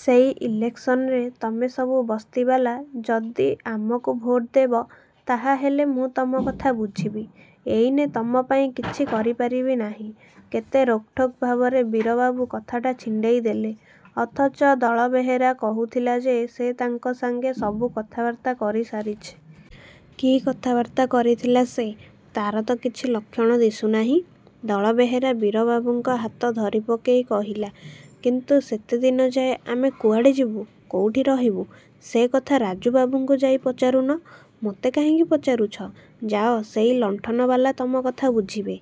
"ସେଇ ଇଲେକ୍ସନରେ ତମେ ସବୁ ବସ୍ତିବାଲା ଯଦି ଆମକୁ ଭୋଟ୍ ଦେବ, ତାହାହେଲେ ମୁଁ ତମ କଥା ବୁଝିବି। ଏଇନେ ତମ ପାଇଁ କିଛି କରିପାରିବି ନାହିଁ।" କେତେ ରୋକ୍‌ଠୋକ୍ ଭାବରେ ବୀରବାବୁ କଥାଟା ଛିଣ୍ଡେଇଦେଲେ! ଅଥଚ ଦଳବେହେରା କହୁଥିଲା ଯେ ସେ ତାଙ୍କ ସାଙ୍ଗେ ସବୁ କଥାବାର୍ତ୍ତା କରିସାରିଛି। କି କଥାବାର୍ତ୍ତା କରିଥିଲା ସେ! ତାର ତ କିଛି ଲକ୍ଷଣ ଦିଶୁନାହିଁ! ଦଳବେହେରା ବୀରବାବୁଙ୍କ ହାତ ଧରିପକେଇ କହିଲା, "କିନ୍ତୁ ସେତେଦିନ ଯାଏ ଆମେ କୁଆଡ଼େ ଯିବୁ? କୋଉଠି ରହିବୁ?" "ସେକଥା ରାଜୁବାବୁଙ୍କୁ ଯାଇ ପଚାରୁନ? ମୋତେ କାହିଁକି ପଚାରୁଛ? ଯାଅ, ସେଇ ଲଣ୍ଠନବାଲା ତମକଥା ବୁଝିବେ।"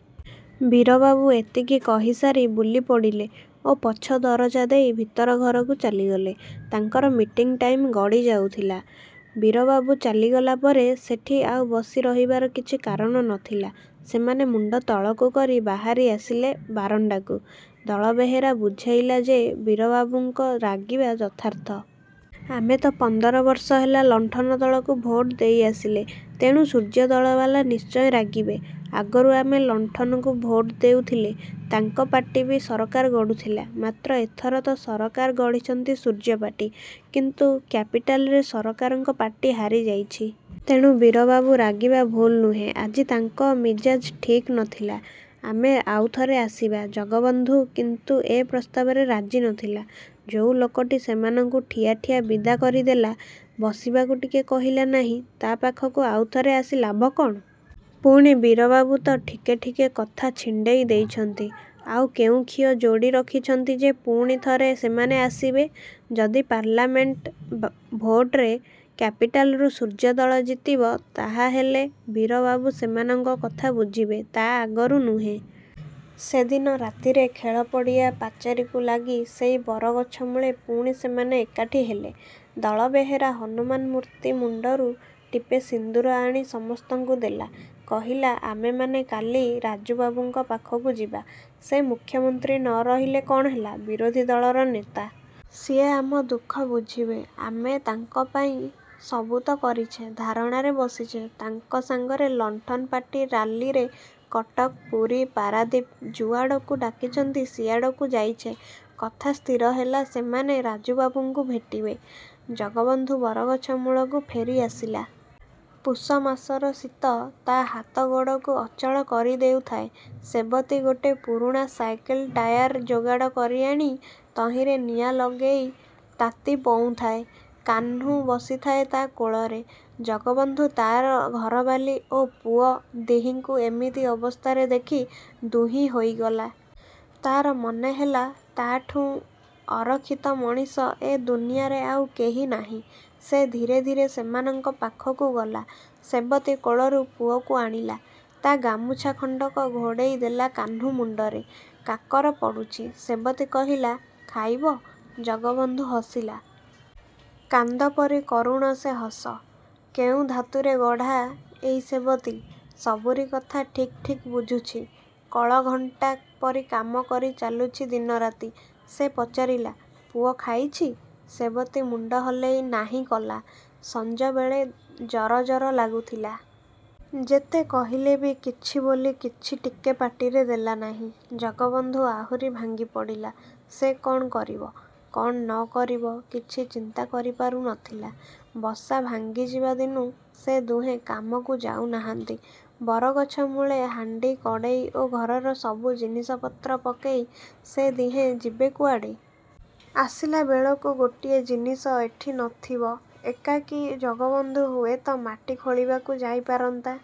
ବୀରବାବୁ ଏତିକି କହିସାରି ବୁଲିପଡ଼ିଲେ ଓ ପଛ ଦରଜା ଦେଇ ଭିତର ଘରକୁ ଚାଲିଗଲେ। ତାଙ୍କର ମିଟିଂ ଟାଇମ୍‌ ଗଡ଼ିଯାଉଥିଲା। ବୀରବାବୁ ଚାଲିଗଲା ପରେ ସେଠି ଆଉ ବସି ରହିବାର କିଛି କାରଣ ନଥିଲା। ସେମାନେ ମୁଣ୍ଡ ତଳକୁ କରି ବାହାରି ଆସିଲେ ବାରଣ୍ଡାକୁ। ଦଳବେହେରା ବୁଝେଇଲା ଯେ ବୀରବାବୁଙ୍କ ରାଗିବା ଯଥାର୍ଥ। ଆମେ ତ ପନ୍ଦର ବର୍ଷ ହେଲା ଲଣ୍ଠନ ଦଳକୁ ଭୋଟ୍ ଦେଇ ଆସିଲେ। ତେଣୁ ସୂର୍ଯ୍ୟ ଦଳବାଲା ନିଶ୍ଚୟ ରାଗିବେ। ଆଗରୁ ଆମେ ଲଣ୍ଠନକୁ ଭୋଟ୍ ଦେଉଥିଲେ, ତାଙ୍କ ପାର୍ଟି ବି ସରକାର ଗଢ଼ୁଥିଲା। ମାତ୍ର ଏଥର ତ ସରକାର ଗଢ଼ିଛନ୍ତି ସୂର୍ଯ୍ୟପାର୍ଟି। କିନ୍ତୁ କ୍ୟାପିଟାଲରେ ସରକାରଙ୍କ ପାର୍ଟି ହାରିଯାଇଛି। ତେଣୁ ବୀରବାବୁ ରାଗିବା ଭୁଲ୍ ନୁହେଁ। ଆଜି ତାଙ୍କ ମିଜାଜ୍ ଠିକ୍ ନଥିଲା। ଆମେ ଆଉଥରେ ଆସିବା। ଜଗବନ୍ଧୁ କିନ୍ତୁ ଏ ପ୍ରସ୍ତାବରେ ରାଜି ନଥିଲା। ଯୋଉ ଲୋକଟି ସେମାନଙ୍କୁ ଠିଆ ଠିଆ ବିଦା କରିଦେଲା, ବସିବାକୁ ଟିକେ କହିଲା ନାହିଁ, ତା ପାଖକୁ ଆଉଥରେ ଆସି ଲାଭ କଣ? ପୁଣି ବୀରବାବୁ ତ ଠିକେ ଠିକେ କଥା ଛିଣ୍ଡେଇ ଦେଇଛନ୍ତି। ଆଉ କେଉଁ ଖିଅ ଯୋଡ଼ି ରଖିଛନ୍ତି ଯେ ପୁଣି ଥରେ ସେମାନେ ଆସିବେ? ଯଦି ପାର୍ଲାମେଣ୍ଟ ଭୋଟରେ କ୍ୟାପିଟାଲ୍‌ରୁ ସୂର୍ଯ୍ୟ ଦଳ ଜିତିବ ତାହାହେଲେ ବୀରବାବୁ ସେମାନଙ୍କ କଥା ବୁଝିବେ। ତା ଆଗରୁ ନୁହେଁ। ସେଦିନ ରାତିରେ ଖେଳପଡ଼ିଆ ପାଚେରିକୁ ଲାଗି ସେଇ ବରଗଛ ମୂଳେ ପୁଣି ସେମାନେ ଏକାଠି ହେଲେ। ଦଳବେହେରା ହନୁମାନ ମୂର୍ତ୍ତି ମୁଣ୍ଡରୁ ଟିପେ ସିନ୍ଦୂର ଆଣି ସମସ୍ତଙ୍କୁ ଦେଲା। କହିଲା, "ଆମେମାନେ କାଲି ରାଜୁବାବୁଙ୍କ ପାଖକୁ ଯିବା। ସେ ମୁଖ୍ୟମନ୍ତ୍ରୀ ନ ରହିଲେ କଣ ହେଲା, ବିରୋଧୀ ଦଳର ନେତା। ସିଏ ଆମ ଦୁଃଖ ବୁଝିବେ। ଆମେ ତାଙ୍କ ପାଇଁ ସବୁ ତ କରିଛେ, ଧାରଣାରେ ବସିଛେ, ତାଙ୍କ ସାଙ୍ଗରେ ଲଣ୍ଠନ ପାର୍ଟି ରାଲିରେ କଟକ, ପୁରୀ, ପାରାଦୀପ, ଯୁଆଡ଼କୁ ଡାକିଛନ୍ତି ସିଆଡ଼କୁ ଯାଇଛେ।" କଥା ସ୍ଥିର ହେଲା ସେମାନେ ରାଜୁବାବୁଙ୍କୁ ଭେଟିବେ। ଜଗବନ୍ଧୁ ବରଗଛ ମୂଳକୁ ଫେରିଆସିଲା। ପୁଷମାସର ଶୀତ ତା ହାତଗୋଡ଼କୁ ଅଚଳ କରିଦେଉଥାଏ। ସେବତୀ ଗୋଟେ ପୁରୁଣା ସାଇକେଲ ଟାୟାର ଯୋଗାଡ଼ କରିଆଣି ତହିଁରେ ନିଆଁ ଲଗେଇ ତାତି ପୋଉଁଥାଏ। କାହ୍ନୁ ବସିଥାଏ ତା କୋଳରେ। ଜଗବନ୍ଧୁ ତାର ଘରବାଲୀ ଓ ପୁଅ ଦିହିଙ୍କୁ ଏମିତି ଅବସ୍ଥାରେ ଦେଖି ଦୁହିଁ ହୋଇଗଲା। ତାର ମନେହେଲା ତାଠୁଁ ଅରକ୍ଷିତ ମଣିଷ ଏ ଦୁନିଆରେ ଆଉ କେହି ନାହିଁ। ସେ ଧୀରେ ଧୀରେ ସେମାନଙ୍କ ପାଖକୁ ଗଲା। ସେବତୀ କୋଳରୁ ପୁଅକୁ ଆଣିଲା। ତା ଗାମୁଛା ଖଣ୍ଡକ ଘୋଡ଼େଇଦେଲା କାହ୍ନୁ ମୁଣ୍ଡରେ। କାକର ପଡ଼ୁଛି। ସେବତୀ କହିଲା, "ଖାଇବ?" ଜଗବନ୍ଧୁ ହସିଲା। କାନ୍ଦ ପରି କରୁଣ ସେ ହସ। କେଉଁ ଧାତୁରେ ଗଢ଼ା ଏଇ ସେବତୀ! ସବୁରି କଥା ଠିକ୍ ଠିକ୍ ବୁଝୁଛି। କଳଘଣ୍ଟା ପରି କାମ କରି ଚାଲୁଛି ଦିନରାତି। ସେ ପଚାରିଲା, "ପୁଅ ଖାଇଛି?" ସେବତୀ ମୁଣ୍ଡ ହଲେଇ ନାହିଁ କଲା, "ସଂଜବେଳେ ଜରଜର ଲାଗୁଥିଲା। ଯେତେ କହିଲେ ବି କିଛି ବୋଲି କିଛି ଟିକେ ପାଟିରେ ଦେଲାନାହିଁ।" ଜଗବନ୍ଧୁ ଆହୁରି ଭାଙ୍ଗିପଡ଼ିଲା। ସେ କଣ କରିବ, କଣ ନ କରିବ କିଛି ଚିନ୍ତା କରିପାରୁ ନଥିଲା। ବସା ଭାଙ୍ଗିଯିବା ଦିନୁ ସେ ଦୁହେଁ କାମକୁ ଯାଉନାହାନ୍ତି। ବରଗଛ ମୂଳେ ହାଣ୍ଡି, କଡ଼େଇ ଓ ଘରର ସବୁ ଜିନିଷପତ୍ର ପକେଇ ସେ ଦିହେଁ ଯିବେ କୁଆଡ଼େ? ଆସିଲାବେଳକୁ ଗୋଟିଏ ଜିନିଷ ଏଠି ନଥିବ। ଏକାକୀ ଜଗବନ୍ଧୁ ହୁଏତ ମାଟି ଖୋଳିବାକୁ ଯାଇପାରନ୍ତା।